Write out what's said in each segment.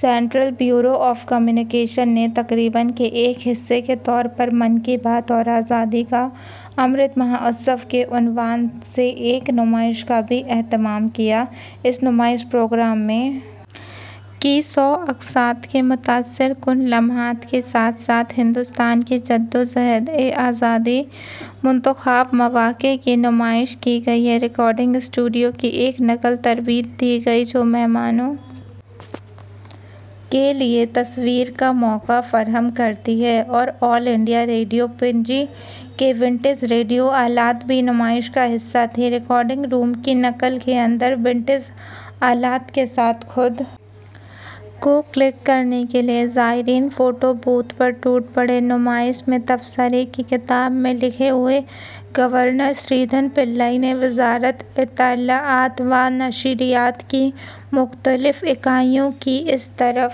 central Bureau of Communication نے تقریب کے ایک حصے کے طور پر من کی بات اور آزادی کا امرت مہوتسو کے عنوان سے ایک نمائش کا بھی اہتمام کیا اس نمائش میں پروگرام کی سو اقساط کے متاثر کن لمحات کے ساتھ ساتھ ہندوستان کی جدوجہد آزادی کے منتخب مواقع کی نمائش کی گئی ہے ریکارڈنگ اسٹوڈیو کی ایک نقل ترتیب دی گئی تھی جو مہمانوں کے لیے تصویر کا موقع فراہم کرتی تھی اور آل انڈیا ریڈیو پنجی کے ونٹیج ریڈیو آلات بھی نمائش کا حصہ تھے ریکارڈنگ روم کی نقل کے اندر ونٹیج آلات کے ساتھ خود کو کلک کرنے کے لیے زائرین فوٹو بوتھ پر ٹوٹ پڑے نمائش میں تبصرہ کی کتاب میں لکھتے ہوئے گورنر سریدھرن پلئی نے وزارت اطلاعات و نشریات کی مختلف اکائیوں کی اس طرح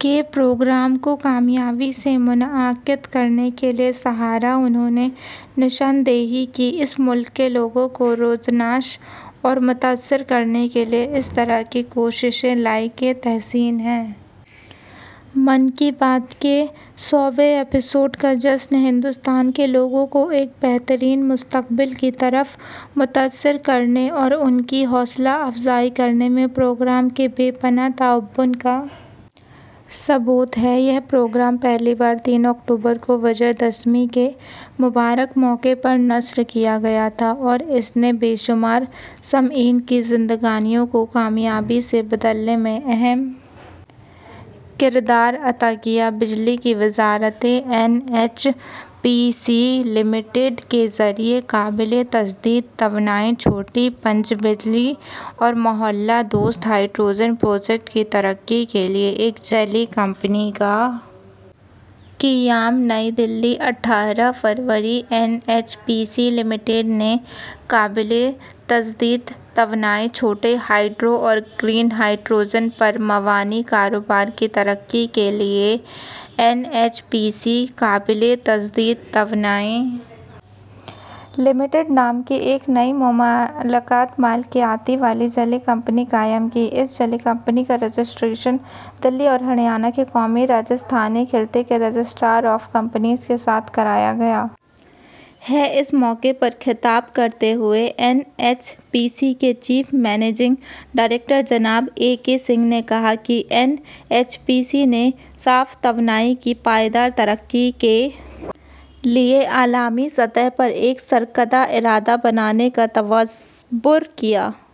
کے پروگرام کو کامیابی سے منعقد کرنے کے لیے سراہا انہوں نے نشاندہی کی کہ اس ملک کے لوگوں کو روشناس اور متاثر کرنے کے لیے اس طرح کی کوششیں لائق تحسین ہیں من کی بات کے سویں ایپی سوڈ کا جشن ہندوستان کے لوگوں کو ایک بہتر مستقبل کی طرف متاثر کرنے اور ان کی حوصلہ افزائی کرنے میں پروگرام کے بے پناہ تعاون کا ثبوت ہے یہ پروگرام پہلی بار تین اکتوبر کو وجے دشمی کے مبارک موقع پر نشر کیا گیا تھا اور اس نے بے شمار سامعین کی زندگیوں کو کامیابی سے بدلنے میں اہم کردار ادا کیا ہے بجلی کی وزارت N H P C limited کے ذریعہ قابل تجدید توانائی چھوٹی پن بجلی اور ماحول دوست ہائیڈروجن پروجیکٹ کی ترقی کے لیے ایک ذیلی کمپنی کا قیام نئی دہلی اٹھارہ فروری N H P C limited نے قابل تجدید توانائی چھوٹے ہائیڈرو اور گرین ہائیڈروجن پر مبنی کاروبار کی ترقی کے لیے این ایچ پی سی قابل تجدید توانائی لمیٹڈ نام کی ایک نئی مکمل ملکیت والی ذیلی کمپنی قائم کی ہے اس ذیلی کمپنی کا رجسٹریشن دہلی اور ہریانہ کے قومی راجدھانی خطے کے رجسٹرار آف کمپنیز کے ساتھ کرایا گیا ہے اس موقع پر خطاب کرتے ہوئے این ایچ پی سی کے چیف مینیجنگ ڈائریکٹر جناب اے کے سنگھ نے کہا کہ این ایچ پی سی نے صاف توانائی کی پائیدار ترقی کے لیے عالمی سطح پر ایک سرکردہ ادارہ بنانے کا تصور کیا ہے